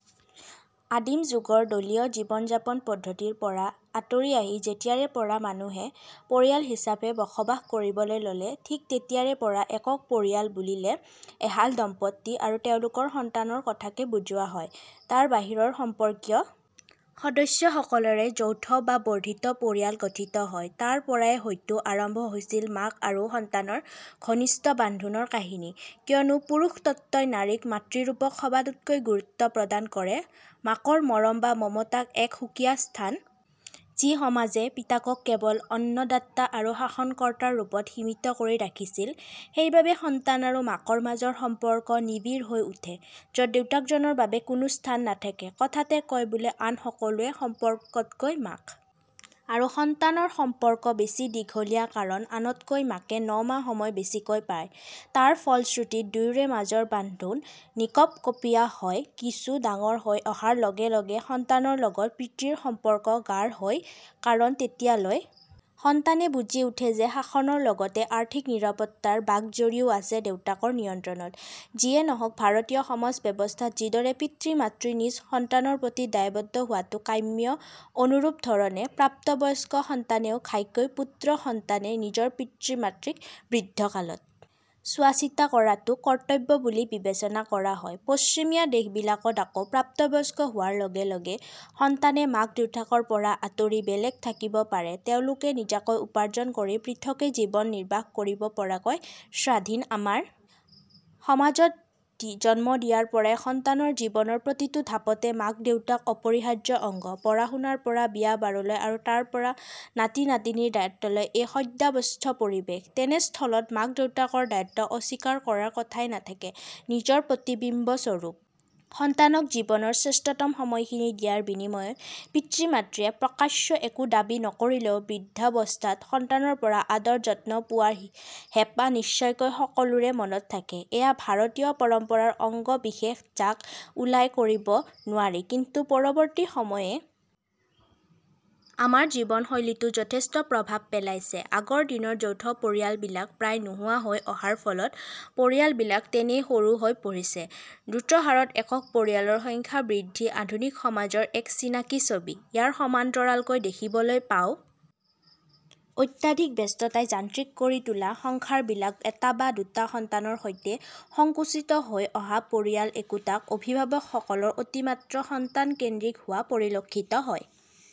আদিম যুগৰ দলীয় জীৱনযাপন পদ্ধতিৰ পৰা আঁতৰি আহি যেতিয়াৰে পৰা মানুহে পৰিয়াল হিচাপে বসবাস কৰিবলৈ ললে ঠিক তেতিয়াৰে পৰা একক পৰিয়াল বুলিলে এহাল দম্পতী আৰু তেওঁলোকৰ সন্তানৰ কথাকে বুজোৱা হয়৷ তাৰ বাহিৰৰ সম্পৰ্কীয় সদস্যসকলেৰে যৌথ বা বৰ্ধিত পৰিয়াল গঠিত হয়৷ তাৰ পৰাই হয়তো আৰম্ভ হৈছিল মাক আৰু সন্তানৰ ঘনিষ্ঠ বান্ধোনৰ কাহিনী৷ কিয়নো পুৰুষতন্ত্ৰই নাৰীৰ মাতৃৰূপক সবাতোকৈ গুৰুত্ব প্ৰদান কৰে৷ মাকৰ মৰম বা মমতাক এক সুকীয়া স্থান দি সমাজে পিতাকক কেৱল অন্নদাতা আৰু শাসনকৰ্তাৰ ৰূপত সীমিত কৰি ৰাখিছিল৷ সেইবাবেই সন্তান আৰু মাকৰ মাজৰ সম্পৰ্ক নিবিড় হৈ উঠে৷ যত দেউতাকজনৰ বাবে কোনো স্থান নাথাকে৷ কথাতে কয় বোলে আন সকলো সম্পৰ্কতকৈ মাক আৰু সন্তানৰ সম্পৰ্ক বেছি দীঘলীয়া কাৰণ আনতকৈ মাকে ন মাহ সময় বেছিলৈ পায়৷ তাৰে ফলশ্ৰুতিত দুয়োৰে মাজৰ বান্ধোন নিকপকপীয়া হয়৷ কিছু ডাঙৰ হৈ অহাৰ লগেলগে সন্তানৰ লগত পিতৃৰ সম্পৰ্ক গাঢ় হয় কাৰণ তেতিয়ালৈ সন্তানে বুজি উঠে যে শাসনৰ লগতে আৰ্থিক নিৰাপত্তাৰ বাঘজৰীও আছে দেউতাকৰ নিয়ন্ত্ৰণত৷ যি নহওক ভাৰতীয় সমাজব্যৱস্থাত যিদৰে পিতৃমাতৃ নিজ সন্তানৰ প্ৰতি দায়বদ্ধ হোৱাতো কাম্য অনুৰূপধৰণে প্ৰাপ্তবয়স্ক সন্তানেও ঘাইকৈ পুত্ৰ সন্তানে নিজৰ পিতৃমাতৃক বৃদ্ধকালত চোৱাচিতা কৰাতো কৰ্তব্য বুলি বিবেচনা কৰা হয়৷ পশ্চিমীয়া দেশবিলাকত আকৌ প্ৰাপ্তবয়স্ক হোৱাৰ লগে লগে সন্তানে মাক দেউতাকৰ পৰা আঁতৰি বেলেগে থাকিব পাৰে৷ তেওঁলোক নিজাকৈ উপাৰ্জন কৰি পৃথকে জীৱন নিৰ্বাহ কৰিব পৰাকৈ স্বাধীন৷ আমাৰ সমাজত জন্ম দিয়াৰ পৰা সন্তানৰ জীৱনৰ প্ৰতিটো ধাপতে মাকদেউতাক অপৰিহাৰ্য অংগ৷ পঢ়াশুনাৰ পৰা বিয়াবাৰুলৈ আৰু তাৰ পৰা নাতিনাতিনীৰ দায়িত্বলৈকে এক সদাব্যস্ত পৰিৱেশ৷ তেনেস্থলত মাক দেউতাকৰ দায়িত্ব অস্বীকাৰ কৰাৰ কথাই নাথাকে৷ নিজৰ প্ৰতিবিম্ব স্বৰূপ সন্তানক জীৱনৰ শ্ৰেষ্ঠতম সময়খিনি দিয়াৰ বিনিময়ত পিতৃমাতৃয়ে প্ৰকাশ্যে একো দাবী নকৰিলেও বৃদ্ধাৱস্থাত সন্তানৰ পৰা আদৰ যত্ন পোৱাৰ হেঁপাহ নিশ্চয়কৈ সকলোৰে মনত থাকে৷ এয়া ভাৰতীয় পৰম্পৰাৰ অংগবিশেষ যাক উলাই কৰিব নোৱাৰি৷ কিন্তু পৰিৱৰ্তিত সময়ে আমাৰ জীৱনশৈলীতো যথেষ্ট প্ৰভাৱ পেলাইছে৷ আগৰ দিনৰ যৌথ পৰিয়ালবিলাক প্ৰায় নোহোৱা হৈ অহাৰ ফলত পৰিয়ালবিলাক তেনেই সৰু হৈ পৰিছে৷ দ্ৰুতহাৰত একক পৰিয়ালৰ সংখ্যা বৃদ্ধি আধুনিক সমাজৰ এক চিনাকি ছবি৷ ইয়াৰ সমান্তৰালকৈ দেখিবলৈ পাওঁ অত্যধিক ব্যস্ততাই যান্ত্ৰিক কৰি তোলা সংসাৰবিলাক৷ এটা বা দুটা সন্তানৰ সৈতে সংকুচিত হৈ অহা পৰিয়াল একোটাত অভিভাৱকসকল অতিমাত্ৰা সন্তানকেন্দ্ৰিক হোৱা পৰিলক্ষিত হয়৷